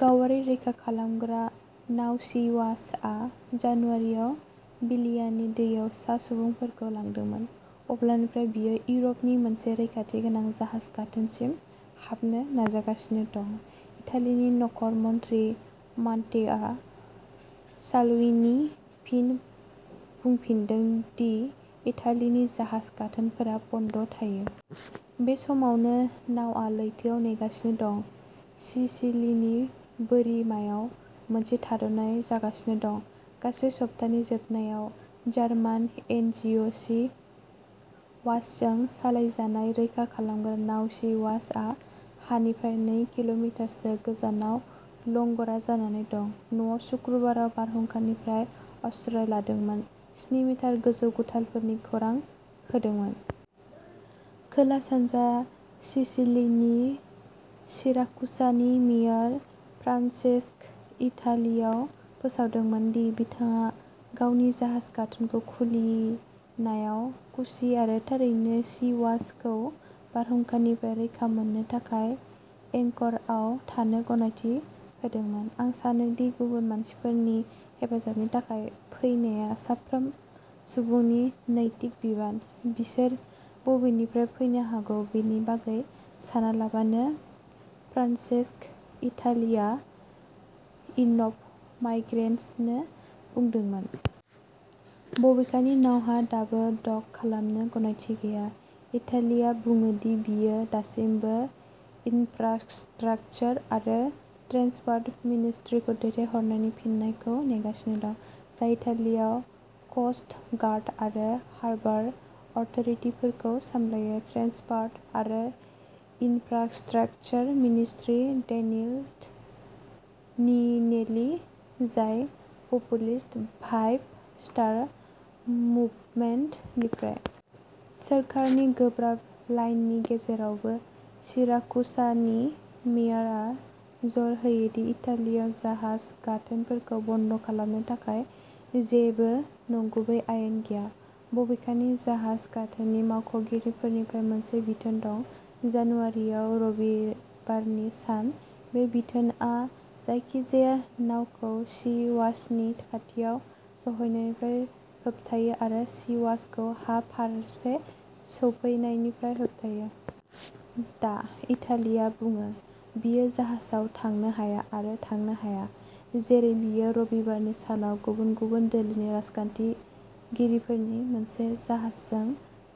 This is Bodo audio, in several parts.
गावारि रैखा खालामग्रा नाव "सी वाच " आ जानुवारिआव लिबियानि दैयाव सा सुबुंफोरखौ लांदोंमोन। अब्लानिफ्राय, बेयो इउर'पनि मोनसे रैखाथि गोनां जाहाज गाथोनसिम हाबनो नाजागासिनो दं। इटालिनि नखर मन्थ्रि मात्तेअ साल्विनीआ फिन बुंफिनदों दि इटालिनि जाहाज गाथोनफोरा बन्द'थायो। बे समावनो, नावआ लैथोआव नेगासिनो दं। सिसिलीनि बोरिमायाव मोनसे थाद'नाय जागासिनो दं। गासै सप्तानि जोबनायाव, जार्मान एनजिअ'सी वाचजों सालायजानाय रैखा खालामग्रा नाव सी वाच आ हानिफ्राय नै किल'मिटारसो गोजानाव लंग'रा जानानै दं। नावआ सुक्रुबाराव बारहुंखानिफ्राय आश्रय लादोंमोन, स्नि मिटार गोजौ गुथालफोरनि खौरां होदोंमोन। खोला-सानजा सिसिलीनि सिराकुसानि मेयर, फ्रान्सेस्क'इटालियाआ फोसावदोंमोन दि बिथाङा गावनि जाहाज गाथोनखौ खुलिनायाव खुसि आरो थारैनो सी वाच खौ बारहुंखानिफ्राय रैखा मोननो थाखाय एंकरआव थानो गनायथि होदोंमोन। "आं सानो दि गुबुन मानसिफोरनि हेफाजाबनि थाखाय फैनाया साफ्रोम सुबुंनि नैतिक बिबान, बिसोर बबेनिफ्राय फैनो हागौ बेनि बागै सानालाबानो", फ्रान्सेस्क'इटालियाआ इनफ'माइग्रेन्ट्सनो बुंदोंमोन। बबेखानि, नावहा दाबो डक खालामनो गनायथि गैया। इटालियाआ बुङो दि बियो दासिमबो इन्फ्रास्ट्राकचार आरो ट्रेन्सपर्ट मिनिस्ट्रिखौ दैथायहरनायनि फिननायखौ नेगासिनो दं, जाय इटालियाव क'स्ट गार्ड आरो हार्बर अथ'रिटिफोरखौ सामलायो। ट्रेन्सपर्ट आरो इन्फ्रास्ट्राकचार मिनिस्ट्रि डेनिल'ट'निनेलि, जाय पपुलिस्ट फाइभ स्टार मुभमेन्ट निफ्राय। सोरखारनि गोब्राब लाइननि गेजेरावबो, सिराकुसानि मेयरआ जर होयो दि इटालियाव जाहाज गाथोनफोरखौ बन्द खालामनो थाखाय जेबो नंगुबै आयेन गैया। बबेखानि, जाहाज गाथोननि मावख'गिरिफोरनिफ्राय मोनसे बिथोन दं। जानुवारियाव रबिबारनि सान। बे बिथोनआ जायखिजाया नावखौ सी वाचनि खाथियाव सौहैनायनिफ्राय होबथायो आरो सी वाचखौ हा फारसे सौफैनायनिफ्राय होबथायो। दा, इटालिया बुङो, बियो जाहाजाव थांनो हाया आरो थांनो हाया, जेरै बियो रबिबारनि सानाव गुबुन गुबुन दोलोनि राजखान्थिगिरिफोरनि मोनसे हानजाजों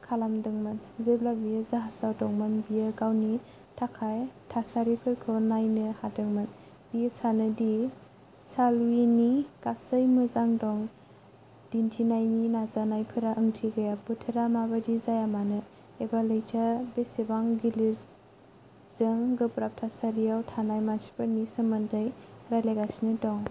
खालामदोंमोन। जेब्ला बियो जाहाजाव दंमोन, बियो गावनि थाखाय थासारिफोरखौ नायनो हादोंमोन। बियो सानो दि साल्विनीनि गासैबो मोजां दं दिन्थिनायनि नाजानायफोरा ओंथि गैयाः "बोथोरा माबायदि जाया मानो, एबा लैथोआ बेसेबां गिलिर, जों गोब्राब थासारियाव थानाय मानसिफोरनि सोमोन्दै रायलायगासिनो दं।